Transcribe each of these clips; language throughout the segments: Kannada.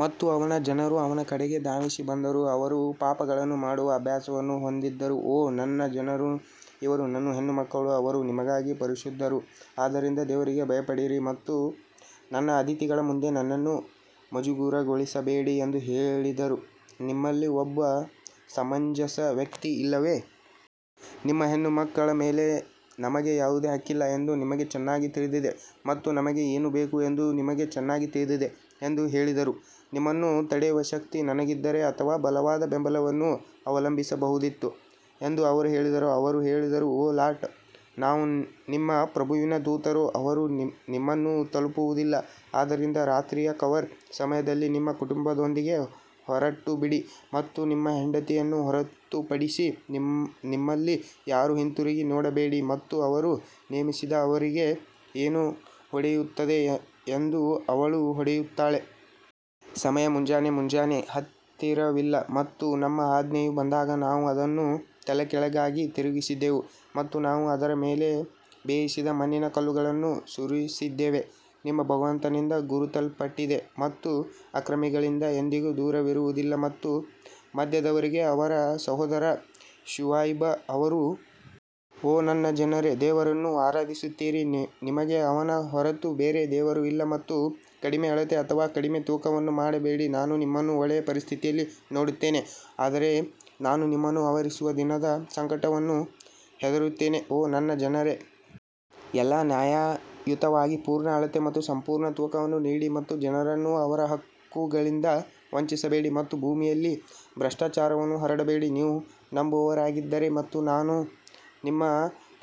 ಮತ್ತು ಅವನ ಜನರು ಅವನ ಕಡೆಗೆ ಧಾವಿಸಿ ಬಂದರು ಅವರು ಪಾಪಗಳನ್ನು ಮಾಡುವ ಅಭ್ಯಾಸವನ್ನು ಹೊಂದಿದ್ದರು ಓ ನನ್ನ ಜನರು ಇವರು ನನ್ನ ಹೆಣ್ಣುಮಕ್ಕಳು ಅವರು ನಿಮಗಾಗಿ ಪರಿಶುದ್ಧರು ಆದ್ದರಿಂದ ದೇವರಿಗೆ ಭಯಪಡಿರಿ ಮತ್ತು ನನ್ನ ಅತಿಥಿಗಳ ಮುಂದೆ ನನ್ನನ್ನು ಮುಜುಗರಗೊಳಿಸಬೇಡಿ ಎಂದು ಹೇಳಿದರು ನಿಮ್ಮಲ್ಲಿ ಒಬ್ಬ ಸಮಂಜಸ ವ್ಯಕ್ತಿ ಇಲ್ಲವೇ? ನಿಮ್ಮ ಹೆಣ್ಣುಮಕ್ಕಳ ಮೇಲೆ ನಮಗೆ ಯಾವುದೇ ಹಕ್ಕಿಲ್ಲ ಎಂದು ನಿಮಗೆ ಚೆನ್ನಾಗಿ ತಿಳಿದಿದೆ ಮತ್ತು ನಮಗೆ ಏನು ಬೇಕು ಎಂದು ನಿಮಗೆ ಚೆನ್ನಾಗಿ ತಿಳಿದಿದೆ ಎಂದು ಹೇಳಿದರು ನಿಮ್ಮನ್ನು ತಡೆಯುವ ಶಕ್ತಿ ನನಗಿದ್ದರೆ ಅಥವಾ ಬಲವಾದ ಬೆಂಬಲವನ್ನು ಅವಲಂಬಿಸಬಹುದಿತ್ತು ಎಂದು ಅವರು ಹೇಳಿದರು ಅವರು ಹೇಳಿದರು ಓ ಲಾಟ್ ನಾವು ನಿಮ್ಮ ಪ್ರಭುವಿನ ದೂತರು ಅವರು ನಿಮ್ಮನ್ನು ತಲುಪುವುದಿಲ್ಲ ಆದ್ದರಿಂದ ರಾತ್ರಿಯ ಕವರ್ ಸಮಯದಲ್ಲಿ ನಿಮ್ಮ ಕುಟುಂಬದೊಂದಿಗೆ ಹೊರಟುಬಿಡಿ ಮತ್ತು ನಿಮ್ಮ ಹೆಂಡತಿಯನ್ನು ಹೊರತುಪಡಿಸಿ ನಿಮ್ಮಲ್ಲಿ ಯಾರೂ ಹಿಂತಿರುಗಿ ನೋಡಬೇಡಿ ಮತ್ತು ಅವರು ನೇಮಿಸಿದ ಅವರಿಗೆ ಏನು ಹೊಡೆಯುತ್ತದೆ ಎಂದು ಅವಳು ಹೊಡೆಯುತ್ತಾಳೆ. ಸಮಯ ಮುಂಜಾನೆ ಮುಂಜಾನೆ ಹತ್ತಿರವಿಲ್ಲ ಮತ್ತು ನಮ್ಮ ಆಜ್ಞೆಯು ಬಂದಾಗ ನಾವು ಅದನ್ನು ತಲೆಕೆಳಗಾಗಿ ತಿರುಗಿಸಿದೆವು ಮತ್ತು ನಾವು ಅದರ ಮೇಲೆ ಬೇಯಿಸಿದ ಮಣ್ಣಿನ ಕಲ್ಲುಗಳನ್ನು ಸುರಿಸಿದ್ದೇವೆ ನಿಮ್ಮ ಭಗವಂತನಿಂದ ಗುರುತಿಸಲ್ಪಟ್ಟಿದೆ ಮತ್ತು ಅಕ್ರಮಿಗಳಿಂದ ಎಂದಿಗೂ ದೂರವಿರುವುದಿಲ್ಲ ಮತ್ತು ಮಧ್ಯದವರಿಗೆ ಅವರ ಸಹೋದರ ಶುಐಬ್ ಅವರು ಓ ನನ್ನ ಜನರೇ ದೇವರನ್ನು ಆರಾಧಿಸುತ್ತೀರಿ ನಿಮಗೆ ಅವನ ಹೊರತು ಬೇರೆ ದೇವರು ಇಲ್ಲ ಮತ್ತು ಕಡಿಮೆ ಅಳತೆ ಅಥವಾ ಕಡಿಮೆ ತೂಕವನ್ನು ಮಾಡಬೇಡಿ ನಾನು ನಿಮ್ಮನ್ನು ಒಳ್ಳೆಯ ಪರಿಸ್ಥಿತಿಯಲ್ಲಿ ನೋಡುತ್ತೇನೆ ಆದರೆ ನಾನು ನಿಮ್ಮನ್ನು ಆವರಿಸುವ ದಿನದ ಸಂಕಟವನ್ನು ಹೆದರುತ್ತೇನೆ ಓ ನನ್ನ ಜನರೇ, ಎಲ್ಲಾ ನ್ಯಾಯಯುತವಾಗಿ ಪೂರ್ಣ ಅಳತೆ ಮತ್ತು ಸಂಪೂರ್ಣ ತೂಕವನ್ನು ನೀಡಿ ಮತ್ತು ಜನರನ್ನು ಅವರ ಹಕ್ಕುಗಳಿಂದ ವಂಚಿಸಬೇಡಿ ಮತ್ತು ಭೂಮಿಯಲ್ಲಿ ಭ್ರಷ್ಟಾಚಾರವನ್ನು ಹರಡಬೇಡಿ ನೀವು ನಂಬುವವರಾಗಿದ್ದರೆ ಮತ್ತು ನಾನು ನಿಮ್ಮ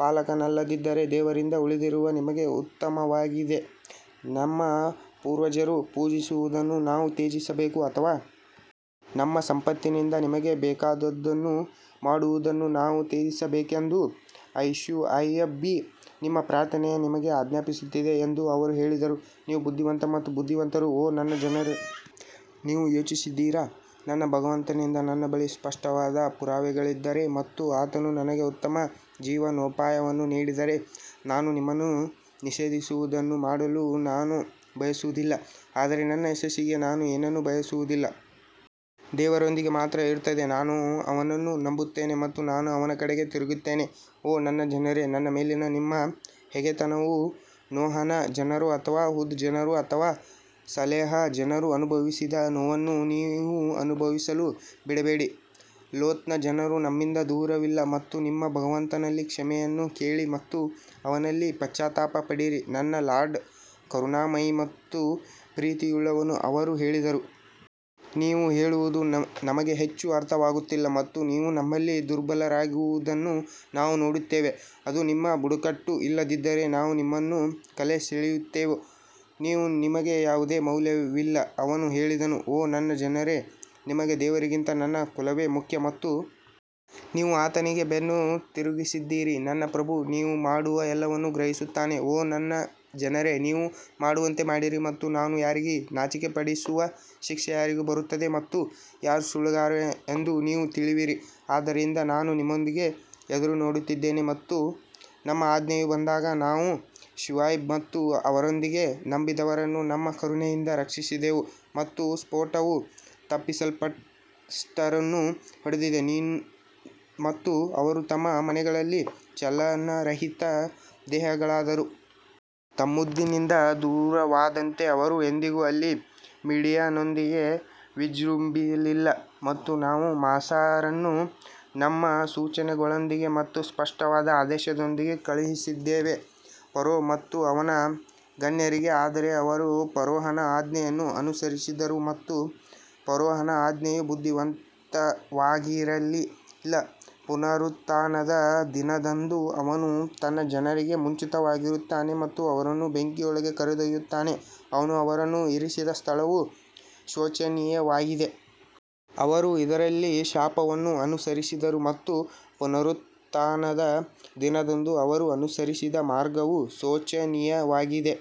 ಪಾಲಕನಲ್ಲದಿದ್ದರೆ ದೇವರಿಂದ ಉಳಿದಿರುವುದು ನಿಮಗೆ ಉತ್ತಮವಾಗಿದೆ ನಮ್ಮ ಪೂರ್ವಜರು ಪೂಜಿಸುವುದನ್ನು ನಾವು ತ್ಯಜಿಸಬೇಕು ಅಥವಾ ನಮ್ಮ ಸಂಪತ್ತಿನಿಂದ ನಮಗೆ ಬೇಕಾದುದನ್ನು ಮಾಡುವುದನ್ನು ನಾವು ತ್ಯಜಿಸಬೇಕೆಂದು ಓ ಶುಐಬ್ ನಿಮ್ಮ ಪ್ರಾರ್ಥನೆಯು ನಿಮಗೆ ಆಜ್ಞಾಪಿಸುತ್ತಿದೆ ಎಂದು ಅವರು ಹೇಳಿದರು, ನೀವು ಬುದ್ಧಿವಂತ ಮತ್ತು ಬುದ್ಧಿವಂತರು ಓ ನನ್ನ ಜನರೇ ನೀವು ಯೋಚಿಸಿದ್ದೀರಾ, ನನ್ನ ಭಗವಂತನಿಂದ ನನ್ನ ಬಳಿ ಸ್ಪಷ್ಟವಾದ ಪುರಾವೆಗಳಿದ್ದರೆ ಮತ್ತು ಆತನು ನನಗೆ ಉತ್ತಮ ಜೀವನೋಪಾಯವನ್ನು ನೀಡಿದರೆ, ನಾನು ನಿಮ್ಮನ್ನು ನಿಷೇಧಿಸುವದನ್ನು ಮಾಡಲು ನಾನು ಬಯಸುವುದಿಲ್ಲ, ಆದರೆ ನನ್ನ ಯಶಸ್ಸಿಗೆ ನಾನು ಏನನ್ನೂ ಬಯಸುವುದಿಲ್ಲ. ದೇವರೊಂದಿಗೆ ಮಾತ್ರ ಇರುತ್ತದೆ ನಾನು ಅವನನ್ನು ನಂಬುತ್ತೇನೆ ಮತ್ತು ನಾನು ಅವನ ಕಡೆಗೆ ತಿರುಗುತ್ತೇನೆ ಓ ನನ್ನ ಜನರೇ, ನನ್ನ ಮೇಲಿನ ನಿಮ್ಮ ಹಗೆತನವು ನೋಹನ ಜನರು ಅಥವಾ ಹುದ್ ಜನರು ಅಥವಾ ಸಲೇಹ್ ಜನರು ಅನುಭವಿಸಿದ ನೋವನ್ನು ನೀವು ಅನುಭವಿಸಲು ಬಿಡಬೇಡಿ, ಲೋತ್ನ ಜನರು ನಿಮ್ಮಿಂದ ದೂರವಿಲ್ಲ ಮತ್ತು ನಿಮ್ಮ ಭಗವಂತನಲ್ಲಿ ಕ್ಷಮೆಯನ್ನು ಕೇಳಿ ಮತ್ತು ಅವನಲ್ಲಿ ಪಶ್ಚಾತ್ತಾಪ ಪಡಿರಿ ನನ್ನ ಲಾರ್ಡ್ ಕರುಣಾಮಯಿ ಮತ್ತು ಪ್ರೀತಿಯುಳ್ಳವನು ಅವರು ಹೇಳಿದರು. ನೀವು ಹೇಳುವುದು ನಮಗೆ ಹೆಚ್ಚು ಅರ್ಥವಾಗುತ್ತಿಲ್ಲ ಮತ್ತು ನೀವು ನಮ್ಮಲ್ಲಿ ದುರ್ಬಲರಾಗಿರುವುದನ್ನು ನಾವು ನೋಡುತ್ತೇವೆ, ಅದು ನಿಮ್ಮ ಬುಡಕಟ್ಟು ಇಲ್ಲದಿದ್ದರೆ ನಾವು ನಿಮ್ಮನ್ನು ಕಲ್ಲೆಸೆಯುತ್ತಿದ್ದೆವು, ನೀವು ನಮಗೆ ಯಾವುದೇ ಮೌಲ್ಯವಿಲ್ಲ ಅವನು ಹೇಳಿದನು ಓ ನನ್ನ ಜನರೇ ನಿಮಗೆ ದೇವರಿಗಿಂತ ನನ್ನ ಕುಲವೇ ಮುಖ್ಯ ಮತ್ತು ನೀವು ಆತನಿಗೆ ಬೆನ್ನು ತಿರುಗಿಸಿದ್ದೀರಿ ನನ್ನ ಪ್ರಭು ನೀವು ಮಾಡುವ ಎಲ್ಲವನ್ನೂ ಗ್ರಹಿಸುತ್ತಾನೆ ಓ ನನ್ನ ಜನರೇ ನೀವು ಮಾಡುವಂತೆ ಮಾಡಿರಿ ಮತ್ತು ನಾನು ಯಾರಿಗೆ ನಾಚಿಕೆಪಡಿಸುವ ಶಿಕ್ಷೆ ಯಾರಿಗೆ ಬರುತ್ತದೆ ಮತ್ತು ಯಾರು ಸುಳ್ಳುಗಾರ ಎಂದು ನೀವು ತಿಳಿಯುವಿರಿ ಆದ್ದರಿಂದ ನಾನು ನಿಮ್ಮೊಂದಿಗೆ ಎದುರುನೋಡುತ್ತಿದ್ದೇನೆ ಮತ್ತು ನಮ್ಮ ಆಜ್ಞೆಯು ಬಂದಾಗ ನಾವು ಶುಐಬ್ ಮತ್ತು ಅವರೊಂದಿಗೆ ನಂಬಿದವರನ್ನು ನಮ್ಮ ಕರುಣೆಯಿಂದ ರಕ್ಷಿಸಿದೆವು ಮತ್ತು ಸ್ಫೋಟವು ತಪ್ಪಿತಸ್ಥರನ್ನು ಹೊಡೆದಿದೆ ಮತ್ತು ಅವರು ತಮ್ಮ ಮನೆಗಳಲ್ಲಿ ಚಲನರಹಿತ ದೇಹಗಳಾದರು. ತಮೂದ್ನಿಂದ ದೂರವಾದಂತೆ ಅವರು ಎಂದಿಗೂ ಅಲ್ಲಿ ಮೀಡಿಯನ್ನೊಂದಿಗೆ ವಿಜೃಂಭಿಸಲಿಲ್ಲ ಮತ್ತು ನಾವು ಮೂಸಾರನ್ನು ನಮ್ಮ ಸೂಚನೆಗಳೊಂದಿಗೆ ಮತ್ತು ಸ್ಪಷ್ಟವಾದ ಆದೇಶದೊಂದಿಗೆ ಕಳುಹಿಸಿದ್ದೇವೆ ಫರೋ ಮತ್ತು ಅವನ ಗಣ್ಯರಿಗೆ ಆದರೆ ಅವರು ಫರೋಹನ ಆಜ್ಞೆಯನ್ನು ಅನುಸರಿಸಿದರು ಮತ್ತು ಫರೋಹನ ಆಜ್ಞೆಯು ಬುದ್ಧಿವಂತವಾಗಿರಲಿಲ್ಲ ಪುನರುತ್ಥಾನದ ದಿನದಂದು ಅವನು ತನ್ನ ಜನರಿಗೆ ಮುಂಚಿತವಾಗಿರುತ್ತಾನೆ ಮತ್ತು ಅವರನ್ನು ಬೆಂಕಿಯೊಳಗೆ ಕರೆದೊಯ್ಯುತ್ತಾನೆ, ಅವನು ಅವರನ್ನು ಇರಿಸಿದ ಸ್ಥಳವು ಶೋಚನೀಯವಾಗಿದೆ. ಅವರು ಇದರಲ್ಲಿ ಶಾಪವನ್ನು ಅನುಸರಿಸಿದರು ಮತ್ತು ಪುನರುತ್ಥಾನದ ದಿನದಂದು ಅವರು ಅನುಸರಿಸಿದ ಮಾರ್ಗವು ಶೋಚನೀಯವಾಗಿದೆ.